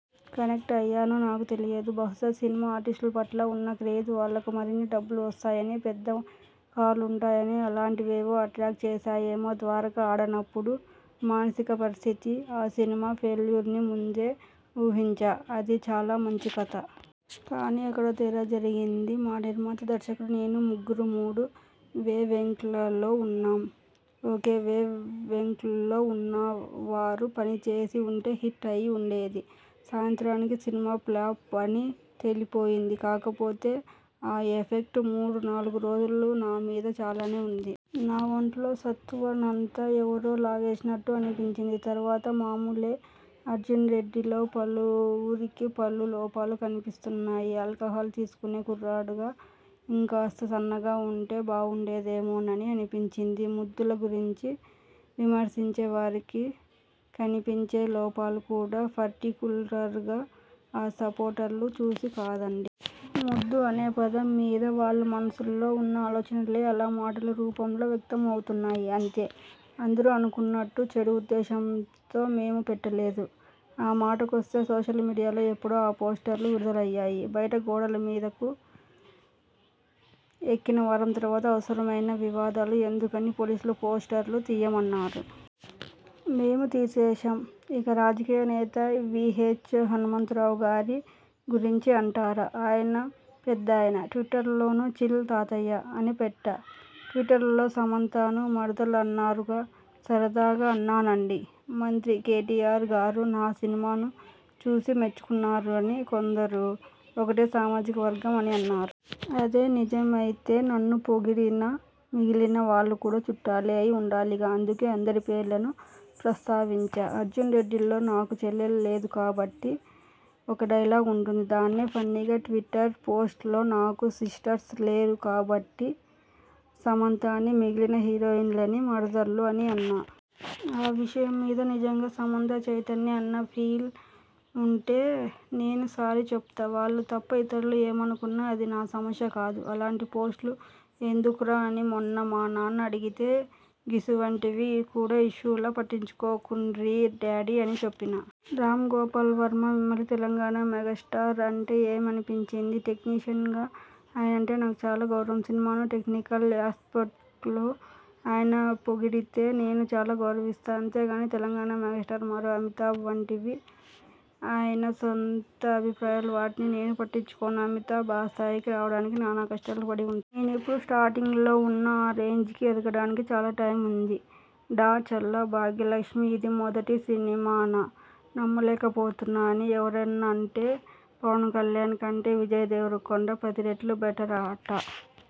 Connect అయ్యానో నాకు తెలియలేదు. బహుశా సినిమా ఆర్టిస్టుల పట్ల ఉన్న క్రేజ్, వాళ్లకు మరిన్ని డబ్బులు వస్తాయని, పేద్ద కార్లు ఉంటాయని అలాంటి వేవో అట్రాక్ట్ చేశాయేమో 'ద్వారక' ఆడనప్పుడు మానసిక పరిస్థితి? ఆ సినిమా ఫెయిల్యూర్ని ముందే ఊహించా. అది చాలా మంచి కథ. కానీ ఎక్కడో తేడా జరిగింది. మా నిర్మాత, దర్శకుడు, నేను ముగ్గురూ మూడు వేవ్లెంగ్త్లలో ఉన్నాం. ఒకే వేవ్లెంగ్త్లో ఉన్నవారు పనిచేసి ఉంటే హిట్ అయి ఉండేది. సాయంత్రానికి సినిమా ఫ్ల్లాప్ అని తేలిపోయింది. కాకపోతే ఆ ఎఫెక్ట్ మూడు, నాలుగు రోజులు నా మీద చాలానే ఉంది. నా ఒంట్లో సత్తువ నంతా ఎవరో లాగేసినట్టు అనిపించింది. తర్వాత మామూలే. 'అర్జున్రెడ్డి'లో పలువురికి పలు లోపాలు కనిపిస్తున్నాయి.. ఆల్కహాల్ తీసుకునే కుర్రాడిగా ఇంకాస్త సన్నగా ఉంటే బావుండేదేమోనని అనిపించింది. ముద్దుల గురించి విమర్శించే వారికి కనిపించే లోపాలు కూడా పర్టిక్యులర్గా ఆ పోస్టర్లు చూసి కాదండీ. 'ముద్దు' అనే పదం మీద వాళ్ల మనస్సుల్లో ఉన్న ఆలోచనలే అలా మాటల రూపంలో వ్యక్తం అవుతున్నాయి అంతే. అందరూ అనుకుంటున్నట్టు చెడు ఉద్దేశంతో మేం పెట్టలేదు. ఆ మాటకొస్తే సోషల్ మీడియాలో ఎప్పుడో ఆ పోస్టర్లు విడుదలయ్యాయి. బయట గోడల మీదకు ఎక్కిన వారం తర్వాత అనవసరమైన వివాదాలు ఎందుకని పోలీసులు పోస్టర్లు తీయమన్నారు. మేం తీసేశాం. ఇక రాజకీయ నేత వీహెచ్ హనుమంతరావు గారి గురించి అంటారా ఆయన పెద్దాయన ట్విట్టర్లోనూ 'చిల్ తాతయ్య' అని పెట్టా. 'ట్విట్టర్లో సమంతను మరదలు అన్నారుగా? సరదాగా అన్నానండీ. మంత్రి కేటీఆర్ గారు నా సినిమాను చూసి మెచ్చుకున్నారని కొందరు 'ఒకటే సామాజిక వర్గం' అని అన్నారు. అదే నిజమైతే నన్ను పొగిడిన మిగిలిన వాళ్లు కూడా చుట్టాలే అయి ఉండాలిగా అందుకే అందరి పేర్లనూ ప్రస్తావించా. 'అర్జున్రెడ్డి'లో 'నాకు చెల్లెలు లేదు కాబట్టి' ఒక డైలాగ్ ఉంటుంది. దాన్నే ఫన్నీగా ట్విట్టర్ పోస్ట్లో నాకు సిస్టర్స్ లేరు కాబట్టి సమంతని మిగిలిన హీరోయిన్లనీ మరదళ్లు అని అన్నా. ఆ విషయం మీద నిజంగా సమంత, చైతన్య అన్నా ఫీలై ఉంటే నేను సారీ చెబుతా. వాళ్లు తప్ప ఇతరులు ఏమనుకున్నా అది నా సమస్య కాదు. 'అలాంటి పోస్టులు ఎందుకురా' అని మొన్న మా నాన్న అడిగితే 'గిసువంటివి కూడా ఇష్యూలా.. పట్టించుకోకుండ్రి డాడీ' అని చెప్పినా. రామ్గోపాల్ వర్మ మిమ్మల్ని తెలంగాణ మెగాస్టార్ అంటే ఏమనిపించింది? టెక్నీషియన్గా ఆయనంటే నాకు చాలా గౌరవం. సినిమాను టెక్నికల్ యాస్పెక్ట్లో ఆయన పొడిగితే నేను చాలా గౌరవిస్తా. అంతేగానీ తెలంగాణ మెగాస్టార్, మరో అమితాబ్ వంటివన్నీ ఆయన సొంత అభిప్రాయాలు. వాటిని నేను పట్టించుకోను. అమితాబ్ ఆ స్థాయికి రావడానికి నానా కష్టాలు పడి ఉంటారు. నేనిప్పుడు స్టార్టింగ్లో ఉన్నా ఆ రేంజ్కి ఎదగడానికి చాలా టైమ్ ఉంది. డా. చల్లా భాగ్యలక్ష్మి ఇది మీ మొదటి సినిమానా? నమ్మలేకపోతున్నా! అని ఎవరన్నారంటే పవన్ కల్యాణ్ కంటే విజయ్ దేవరకొండ పది రెట్లు బెటరట